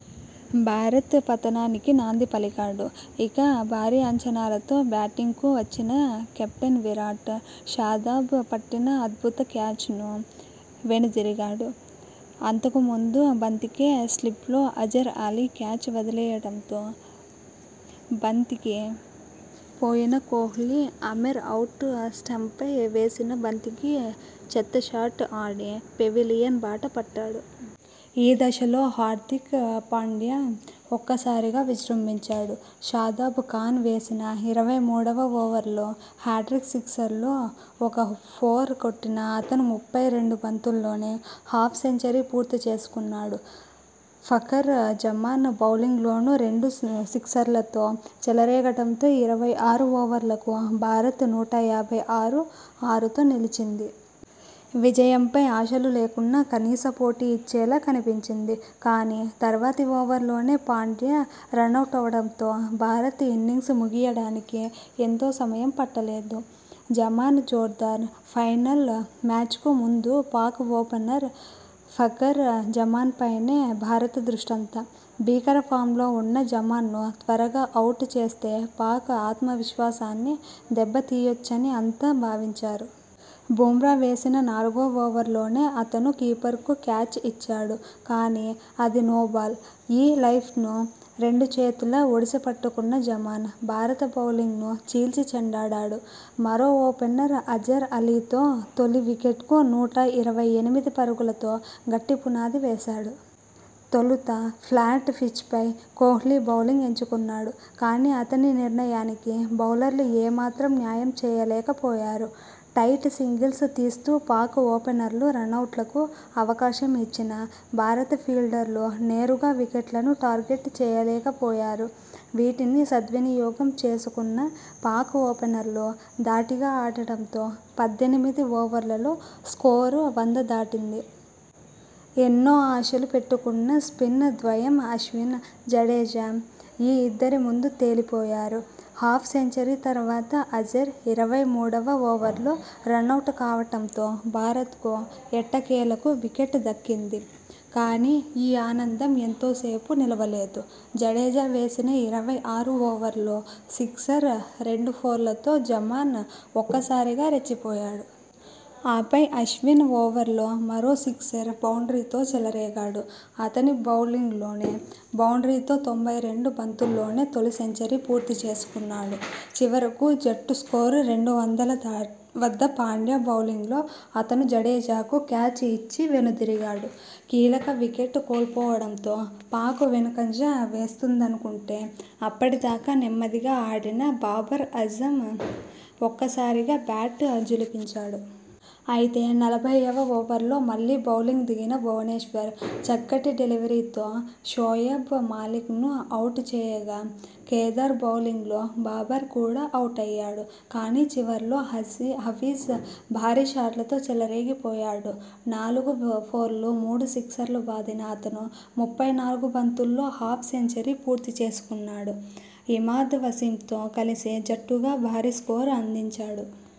భారత్ పతనానికి నాంది పలికాడు. ఇక, భారీ అంచనాలతో బ్యాటింగ్కు వచ్చిన కెప్టెన్ విరాట్.. షాదాబ్ పట్టిన అద్భుత క్యాచ్ను వెనుదిరిగాడు. అంతకు ముందు బంతికే స్లిప్లో అజర్ అలీ క్యాచ్ వదిలేయడంతో బంతికి పోయిన కోహ్లీ, ఆమెర్ అవుట్ స్టంప్పై వేసిన బంతికి చెత్త షాట్ ఆడి పెవిలియన్ బాట పట్టాడు. ఈ దశలో హార్దిక్ పాండ్యా ఒక్క సారిగా విజృంభించాడు. షాదాబ్ ఖాన్ వేసిన ఇరవై మూడువ ఓవర్లో హ్యాట్రిక్ సిక్సర్లు, ఒక ఫోర్ కొట్టిన అతను ముప్పై రెండు బంతుల్లోనే హాఫ్ సెంచరీ పూర్తి చేసుకున్నాడు. ఫఖర్ జమాన్ బౌలింగ్లోనూ రెండు సిక్సర్లతో చెలరేగడంతో ఇరవై ఆరు ఓవర్లకు భారత్ నూట యాభై ఆరు, ఆరుతో నిలిచింది. విజయంపై ఆశలు లేకున్నా, కనీస పోటీ ఇచ్చేలా కనిపించింది. కానీ, తర్వాతి ఓవర్లోనే పాండ్యా రనౌటవడంతో భారత్ ఇన్నింగ్స్ ముగియడానికి ఎంతో సమయం పట్ట లేదు. జమాన్ జోర్దార్, ఫైనల్ మ్యాచ్కు ముందు పాక్ ఓపెనర్ ఫఖర్ జమాన్పైనే భారత్ దృష్టంతా. భీకర ఫామ్లో ఉన్న జమాన్ను త్వరగా అవుట్ చేస్తే పాక్ ఆత్మ విశ్వాసాన్ని దెబ్బ తీయొచ్చని అంతా భావించారు. బుమ్రా వేసిన నాలుగో ఓవర్లోనే అతను కీపర్కు క్యాచ్ ఇచ్చాడు. కానీ, అది నోబాల్. ఈ లైఫ్ను రెండు చేతులా ఒడిసి పట్టుకున్న జమాన్, భారత బౌలింగ్ను చీల్చి చెండాడాడు. మరో ఓపెనర్ అజర్ అలీతో తొలి వికెట్కు నూట ఇరవై ఎనిమిది పరుగులతో గట్టి పునాది వేశాడు. తొలుత ఫ్లాట్ పిచ్పై కోహ్లీ బౌలింగ్ ఎంచుకున్నాడు. కానీ, అతని నిర్ణయానికి బౌలర్లు ఏ మాత్రం న్యాయం చేయలేక పోయారు. టైట్ సింగిల్స్ తీస్తూ పాక్ ఓపెనర్లు రనౌట్లకు అవకాశం ఇచ్చినా, భారత ఫీల్డర్లు నేరుగా వికెట్లను టార్గెట్ చేయలేకపోయారు. వీటిని సద్వినియోగం చేసుకున్న పాక్ ఓపెనర్లు ధాటిగా ఆడడంతో పద్దెనిమిది ఓవర్లలో స్కోరు వంద దాటింది. ఎన్నో ఆశలు పెట్టుకున్న స్పిన్ ద్వయం అశ్విన్, జడేజా ఈ ఇద్దరి ముందు తేలి పోయారు. హాఫ్ సెంచరీ తర్వాత అజర్, ఇరవై మూడవ ఓవర్లో రనౌట్ కావడంతో భారత్కు ఎట్టకేలకు వికెట్ దక్కింది. కానీ, ఈ ఆనందం ఎంతో సేపు నిలువలేదు. జడేజా వేసిన ఇరవై ఆరు ఓవర్లో సిక్సర్, రెండు ఫోర్లతో జమాన్ ఒక్క సారిగా రెచ్చి పోయాడు. ఆపై, అశ్విన్ ఓవర్లో మరో సిక్సర్, బౌండ్రీతో చెలరేగాడు. అతని బౌలింగ్లోనే బౌండ్రీతో తొంభై రెండు బంతుల్లోనే తొలి సెంచరీ పూర్తి చేసుకున్నాడు. చివరకు జట్టు స్కోరు రెండు వందల వద్ద పాండ్యా బౌలింగ్లో అతను జడేజాకు క్యాచ్ ఇచ్చి వెను దిరిగాడు. కీలక వికెట్ కోల్పోవడంతో పాక్ వెనుకంజ వేస్తుందనుకుంటే, అప్పటి దాకా నెమ్మదిగా ఆడిన బాబర్ ఆజమ్ ఒక్క సారిగా బ్యాట్ ఝుళిపించాడు. అయితే, నలభైవ ఓవర్లో మళ్లీ బౌలింగ్ దిగిన భువనేశ్వర్ చక్కటి డెలివరీతో షోయబ్ మాలిక్ ను అవుట్ చేయగా, కేదార్ బౌలింగ్లో బాబర్ కూడా అవుటయ్యాడు. కానీ, చివర్లో హఫీజ్ భారీ షాట్లతో చెలరేగి పోయాడు. నాలుగు ఫోర్లు, మూడు సిక్సర్లు బాదిన అతను ముప్పై నాలుగు బంతుల్లో హాఫ్ సెంచరీ పూర్తి చేసుకున్నాడు. ఇమాద్ వసీం తో కలిసి జట్టుగా భారీ స్కోరు అందించాడు.